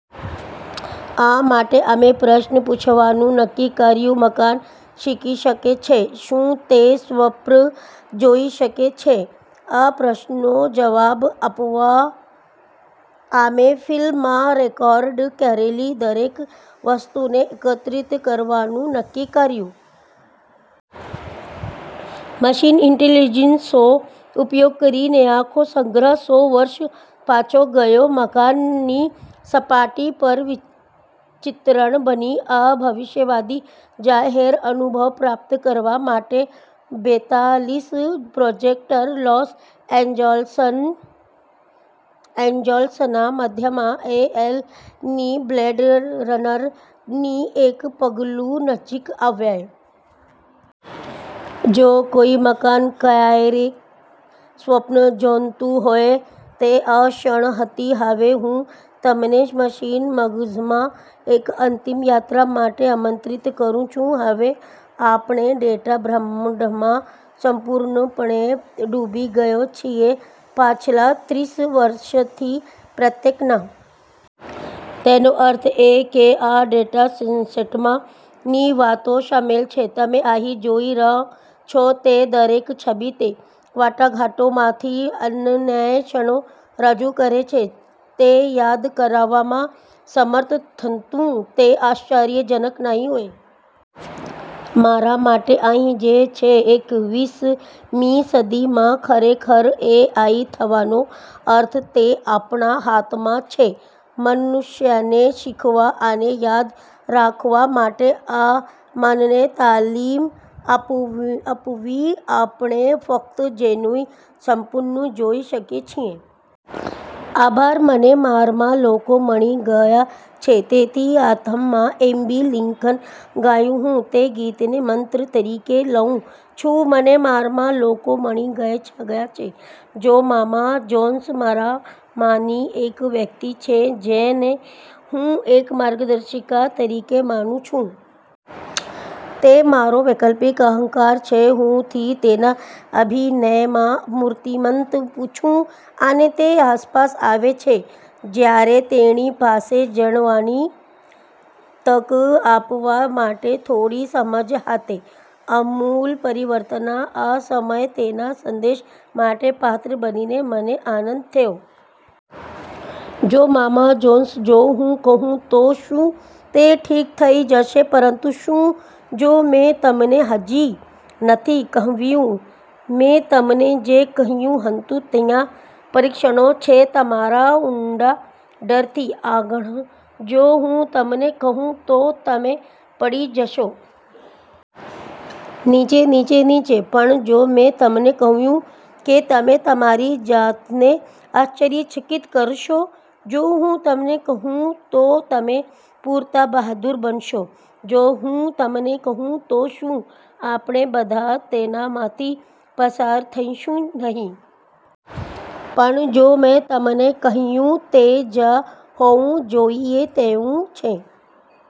આ માટે, અમે પ્રશ્ન પૂછવાનું નક્કી કર્યું, "મકાન શીખી શકે છે? શું તે સ્વપ્ન જોઈ શકે છે? " આ પ્રશ્નનો જવાબ આપવા, આમે ફિલ માં રેકોર્ડ કરેલી દરેક વસ્તુને એકત્રિત કરવાનું નક્કી કર્યું. મશીન ઇન્ટેલિજન્સનો ઉપયોગ કરીને, આખો સંગ્રહ, સો વર્ષ પાછો ગયો, મકાન ની સપાટી પર ચિત્રણ બની, આ ભવિષ્યવાદી જાહેર અનુભવ પ્રાપ્ત કરવા માટે બેતાલીસ પ્રોજેક્ટર લોસ એંજલસએન્જલસના મધ્યમાં, એલ. એ. ની "બ્લેડ રનર" ની એક પગલુ નજીક આવ્યા. જો કોઈ મકાન ક્યારેય સ્વપ્ન જોતું હોય, તે અ ક્ષણ હતી. હવે, હું તમને મશીન મગજમાં એક અંતિમ યાત્રા માટે આમંત્રિત કરું છું. હવે, આપણે ડેટા બ્રહ્માંડમાં સંપૂર્ણપણે ડૂબી ગયો છીએ પાછલા ત્રીસ વર્ષથી પ્રત્યેક ના. તેનો અર્થ એ કે આ ડેટા સેટમાં ની વાતો શામેલ છે. તમે અહીં જોઈ રહ્યાં છો તે દરેક છબી તે વાટાઘાટોમાંથી અનન્ય ક્ષણો રજૂ કરે છે. તે યાદ કરાવામાં સમર્થ થવું તે આશ્ચર્યજનક નહીં હોય? મારા માટે, અહીં જ છે એકવીસ મી સદીમાં ખરેખર એઆઈ થવાનો અર્થ. તે આપણા હાથમાં છે, મનુષ્યને, શીખવા અને યાદ રાખવા માટે આ મનને તાલીમ આપ આપવી આપણે ફક્ત જેનું સપનું જોઈ શકીએ છીએ. આભાર. "મને મારમાં લોકો મળી ગયા છે. " તેથી અંતમાં એબી લિંકન ગાયું. હું તે ગીતને મંત્ર તરીકે લઉં છું. "મને મારમાં લોકો મળી ગયા છે. " જોમામા જોન્સ મારામાંની એક વ્યક્તિ છે જેને હું એક માર્ગદર્શિકા તરીકે માનુ છું. તે મારો વૈકલ્પિક અહંકાર છે. હું થી તેના અભિનયમાં મૂર્તિમંત છું, અને તે આસપાસ આવે છે જ્યારે તેણી પાસે જણવાની તક આપવા માટે થોડી સમજ હશે. આમૂલ પરિવર્તનના આ સમયે, તેના સંદેશ માટે પાત્ર બનીને મને આનંદ થયો. જોમામા જોન્સ: જો હું કહું તો શું તે ઠીક થઈ જશે... પરંતુ શું જો મેં તમને હજી નથી કહ્યું? મેં તમને જે કહ્યું હતું ત્યાં પરીક્ષણો છે તમારા ઉંડા ડરથી આગળ? જો હું તમને કહું તો તમે પડી જશો... નીચે, નીચે, નીચે? પણ જો મેં તમને કહ્યું કે તમે તમારી જાતને આશ્ચર્યચકિત કરશો? જો હું તમને કહું તો તમે પૂરતા બહાદુર બનશો? જો હું તમને કહું તો શું આપણે બધા તેનામાંથી પસાર થઈશું નહીં? પણ જો મેં તમને કહ્યું તે જ હોવું જોઈએ તેવું છે?